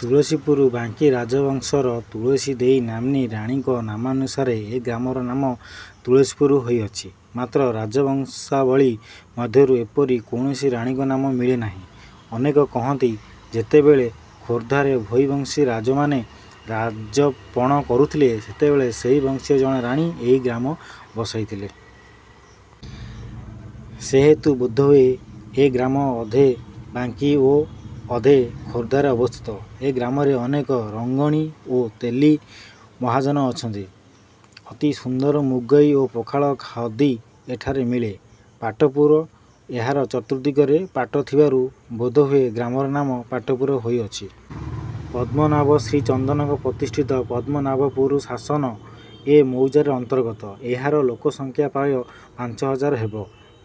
ତୁଳସୀପୁର- ବାଙ୍କୀ ରାଜବଂଶର ତୁଳସୀ ଦେଈ ନାମ୍ନୀ ରାଣୀଙ୍କ ନାମାନୁସାରେ ଏ ଗ୍ରାମର ନାମ ତୁଳସୀପୁର ହୋଇଅଛି। ମାତ୍ର ରାଜବଂଶାବଳୀ ମଧ୍ୟରୁ ଏପରି କୌଣସି ରାଣୀଙ୍କ ନାମ ମିଳେ ନାହିଁ। ଅନେକେ କହନ୍ତି, ଯେତେବେଳେ ଖୋରଧାରେ ଭୋଇ ବଂଶୀୟ ରାଜାମାନେ ରାଜପଣ କରୁଥିଲେ, ସେତେବେଳେ ସେହି ବଂଶୀୟ ଜଣେ ରାଣୀ ଏହି ଗ୍ରାମ ବସାଇଥିଲେ। ସେହେତୁ ବୋଧହୁଏ ଏ ଗ୍ରାମ ଅଧେ ବାଙ୍କୀ ଓ ଅଧେ ଖୋର୍ଦ୍ଧାରେ ଅବସ୍ଥିତ। ଏ ଗ୍ରାମରେ ଅନେକ ରଙ୍ଗଣୀ ଓ ତେଲୀ ମହାଜନ ଅଛନ୍ତି। ଅତି ସୁନ୍ଦର ମୁଗେଇ ଓ ପଖାଳ ଖଦୀ ଏଠାରେ ମିଳେ। ପାଟପୁର- ଏହାର ଚତୁର୍ଦ୍ଦିଗରେ ପାଟ ଥିବାରୁ ବୋଧହୁଏ ଗ୍ରାମର ନାମ ପାଟପୁର ହୋଇଅଛି। ପଦ୍ମନାଭ ଶ୍ରୀଚନ୍ଦନଙ୍କ ପ୍ରତିଷ୍ଠିତ ପଦ୍ମନାଭପୁର ଶାସନ ଏ ମୌଜାର ଅନ୍ତର୍ଗତ। ଏହାର ଲୋକସଂଖ୍ୟା ପ୍ରାୟ ପାଞ୍ଚ ହଜାର ହେବ।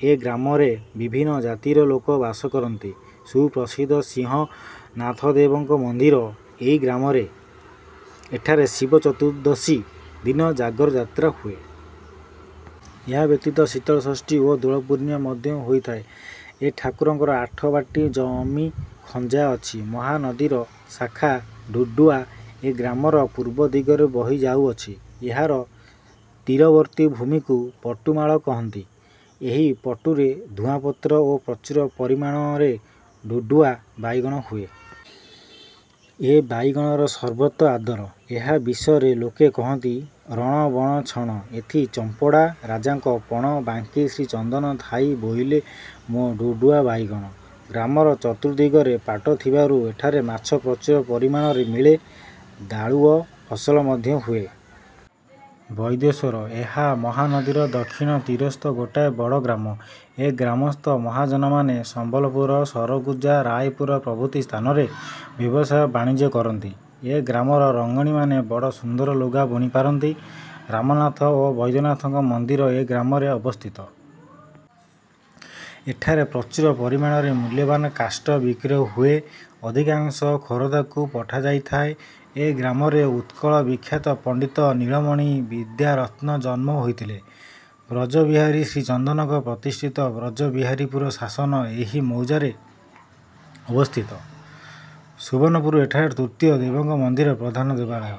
ଏ ଗ୍ରାମରେ ବିଭିନ୍ନ ଜାତିର ଲୋକ ବାସ କରନ୍ତି। ସୁପ୍ରସିଦ୍ଧ ସିଂହନାଥଦେବଙ୍କ ମନ୍ଦିର ଏଇ ଗ୍ରାମରେ। ଏଠାରେ ଶିବ ଚତୁର୍ଦ୍ଦଶୀ ଦିନ ଜାଗର ଯାତ୍ରା ହୁଏ। ଏହା ବ୍ୟତୀତ ଶୀତଳ ଷଷ୍ଠୀ ଓ ଦୋଳ ପୂର୍ଣ୍ଣିମା ମଧ୍ୟ ହୋଇଥାଏ। ଏ ଠାକୁରଙ୍କର ଆଠ ବାଟୀ ଜମି ଖଞ୍ଜା ଅଛି। ମହାନଦୀର ଶାଖା ଢୁଢ଼ୁଆ ଏ ଗ୍ରାମର ପୂର୍ବ ଦିଗରେ ବହି ଯାଉଅଛି। ଏହାର ତୀରବର୍ତ୍ତୀ ଭୂମିକୁ "ପଟୁମାଳ" କହନ୍ତି। ଏହି ପଟୁରେ ଧୂଆଁପତ୍ର ଓ ପ୍ରଚୁର ପରିମାଣରେ ଢୁଢ଼ୁଆ ବାଇଗଣ ହୁଏ। ଏ ବାଇଗଣର ସର୍ବତ୍ର ଆଦର। ଏହା ବିଷୟରେ ଲୋକେ କହନ୍ତି- "ରଣ ବଣ ଛଣ−ଏଥି ଡମ୍ପଡ଼ା ରାଜାଙ୍କ ପଣ ବାଙ୍କୀ ଶ୍ରୀଚନ୍ଦନ ଥାଇ ବୋଇଲେ ମୋ ଢୁଢ଼ୁଆ ବାଇଗଣ। '' ଗ୍ରାମର ଚତୁର୍ଦ୍ଦିଗରେ ପାଟ ଥିବାରୁ ଏଠାରେ ମାଛ ପ୍ରଚୁର ପରିମାଣରେ ମିଳେ। ଦାଳୁଅ। ଫସଲ ମଧ୍ୟ ହୁଏ। ବୈଦ୍ୟେଶ୍ଵର- ଏହା ମହାନଦୀର ଦକ୍ଷିଣ ତୀରସ୍ଥ ଗୋଟାଏ ବଡ଼ ଗ୍ରାମ। ଏ ଗ୍ରାମସ୍ଥ ମହାଜନମାନେ ସମ୍ବଲପୁର, ସରଗୁଜା, ରାୟପୁର ପ୍ରଭୃତି ସ୍ଥାନରେ ବ୍ୟବସାୟ ବାଣିଜ୍ୟ କରନ୍ତି। ଏ ଗ୍ରାମର ରଙ୍ଗଣିମାନେ ବଡ଼ ସୁନ୍ଦର ଲୁଗା ବୁଣି ପାରନ୍ତି। ରାମନାଥ ଓ ବୈଦ୍ୟନାଥଙ୍କ ମନ୍ଦିର ଏ ଗ୍ରାମରେ ଅବସ୍ଥିତ। ଏଠାରେ ପ୍ରଚୁର ପରିମାଣରେ ମୁଲ୍ୟବାନ କାଷ୍ଠ ବିକ୍ରୟ ହୁଏ। ଅଧିକାଂଶ ଖୋରଧାକୁ ପଠାଯାଇଥାଏ। ଏ ଗ୍ରାମରେ ଉତ୍କଳ-ବିଖ୍ୟାତ ପଣ୍ଡିତ ନୀଳମଣି ବିଦ୍ୟାରତ୍ନ ଜନ୍ମ ହୋଇଥିଲେ। ବ୍ରଜବିହାରୀ ଶ୍ରୀଚନ୍ଦନଙ୍କ ପ୍ରତିଷ୍ଠିତ ବ୍ରଜବିହାରୀପୁର ଶାସନ ଏହି ମୌଜାରେ ଅବସ୍ଥିତ। ସୁବର୍ଣ୍ଣପୁର- ଏଠାରେ ତୃତୀୟା ଦେବଙ୍କ ମନ୍ଦିର ପ୍ରଧାନ ଦେବାଳୟ।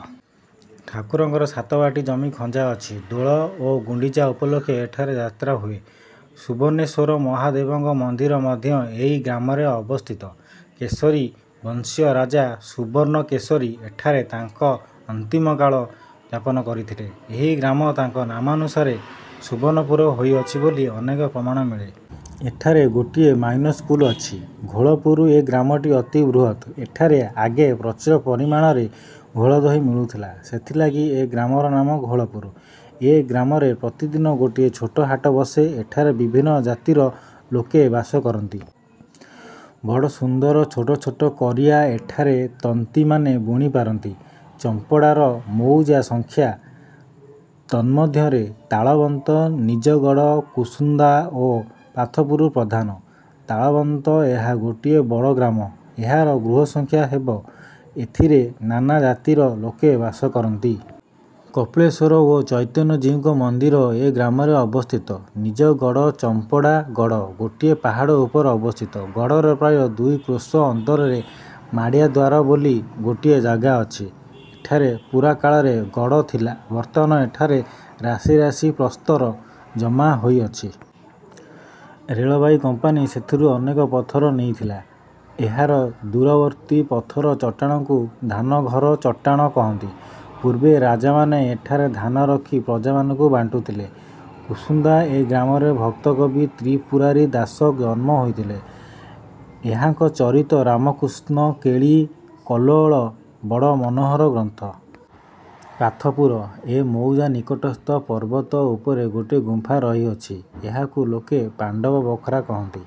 ଠାକୁରଙ୍କର ସାତବାଟୀ ଜମି ଖଞ୍ଜା ଅଛି। ଦୋଳ ଓ ଗୁଣ୍ଡିଚା ଉପଲକ୍ଷେ ଏଠାରେ ଯାତ୍ରା ହୁଏ। ସୁବର୍ଣ୍ଣେଶ୍ଵର ମହାଦେବଙ୍କ ମନ୍ଦିର ମଧ୍ୟ ଏଇ ଗ୍ରାମରେ ଅବସ୍ଥିତ। କେଶରୀ ବଂଶୀୟ ରାଜା ସୁବର୍ଣ୍ଣକେଶରୀ ଏଠାରେ ତାଙ୍କ ଅନ୍ତିମକାଳ ଯାପନ କରିଥିଲେ। ଏହି ଗ୍ରାମ ତାଙ୍କ ନାମାନୁସାରେ ସୁବର୍ଣ୍ଣପୁର ହୋଇଅଛି ବୋଲି ଅନେକ ପ୍ରମାଣ ମିଳେ। ଏଠାରେ ଗୋଟିଏ ମାଇନର ସ୍କୁଲ ଅଛି। ଘୋଳପୁର- ଏ ଗ୍ରାମଟି ଅତି ବୃହତ୍। ଏଠାରେ ଆଗେ ପ୍ରଚୁର ପରିମାଣରେ ଘୋଳ ଦହି ମିଳୁଥିଲା; ସେଥିଲାଗି ଏ ଗ୍ରାମର ନାମ ଘୋଳପୁର। ଏ ଗ୍ରାମରେ ପ୍ରତିଦିନ ଗୋଟିଏ ଛୋଟ ହାଟ ବସେ। ଏଠାରେ ବିଭିନ୍ନ ଜାତିର ଲୋକେ ବାସ କରନ୍ତି। ବଡ଼ ସୁନ୍ଦର ଛୋଟ ଛୋଟ କରିଆ ଏଠାର ତନ୍ତିମାନେ ବୁଣି ପାରନ୍ତି। ଡମ୍ପଡ଼ାର ମୌଜା ସଂଖ୍ୟା। ତନ୍ମଧ୍ୟରେ ତାଳବସ୍ତ, ନିଜଗଡ଼, କୁସୁନ୍ଦା ଓ ପାଥପୁର ପ୍ରଧାନ। ତାଳବସ୍ତ- ଏହା ଗୋଟିଏ ବଡ଼ ଗ୍ରାମ। ଏହାର ଗୃହସଂଖ୍ୟା ହେବ। ଏଥିରେ ନାନା ଜାତିର ଲୋକେ ବାସ କରନ୍ତି। କପିଳେଶ୍ଵର ଓ ଚୈତନ୍ୟଜୀଉଙ୍କ ମନ୍ଦିର ଏ ଗ୍ରାମରେ ଅବସ୍ଥିତ। ନିଜଗଡ଼- ଡମ୍ପଡ଼ା ଗଡ଼ ଗୋଟିଏ ପାହାଡ଼ ଉପରେ ଅବସ୍ଥିତ। ଗଡ଼ର ପ୍ରାୟ ଦୁଇ କ୍ରୋଶ ଅନ୍ତରରେ "ମାଡ଼ିଆ ଦ୍ଵାର'' ବୋଲି ଗୋଟିଏ ଜାଗା ଅଛି। ଏଠାରେ ପୁରାକାଳରେ ଗଡ଼ ଥିଲା। ବର୍ତ୍ତମାନ ଏଠାରେ ରାଶି ରାଶି ପ୍ରସ୍ତର ଜମା ହୋଇଅଛି। ରେଳବାଇ କମ୍ପାନୀ ସେଥିରୁ ଅନେକ ପଥର ନେଇଥିଲା। ଏହାର ଅଦୂରବର୍ତ୍ତୀ ପଥର ଚଟାଣକୁ "ଧାନଘର ଚଟାଣ" କହନ୍ତି। ପୂର୍ବେ ରାଜାମାନେ ଏଠାରେ ଧାନ ରଖି ପ୍ରଜାମାନଙ୍କୁ ବାଣ୍ଟୁଥିଲେ। କୁସୁନ୍ଦା- ଏ ଗ୍ରାମରେ ଭକ୍ତକବି ତ୍ରିପୁରାରି ଦାସ ଜନ୍ମ ହୋଇଥିଲେ। ଏହାଙ୍କ ରଚିତ "ରାମକୃଷ୍ଣ କେଳି−କଲ୍ଲୋଳ'' ବଡ଼ ମନୋହର ଗ୍ରନ୍ଥ। ପାଥପୁର- ଏ ମୌଜା ନିକଟସ୍ଥ ପର୍ବତ ଉପରେ ଗୋଟିଏ ଗୁମ୍ଫା ରହିଅଛି। ଏହାକୁ ଲୋକେ "ପାଣ୍ଡବ ବଖରା " କହନ୍ତି।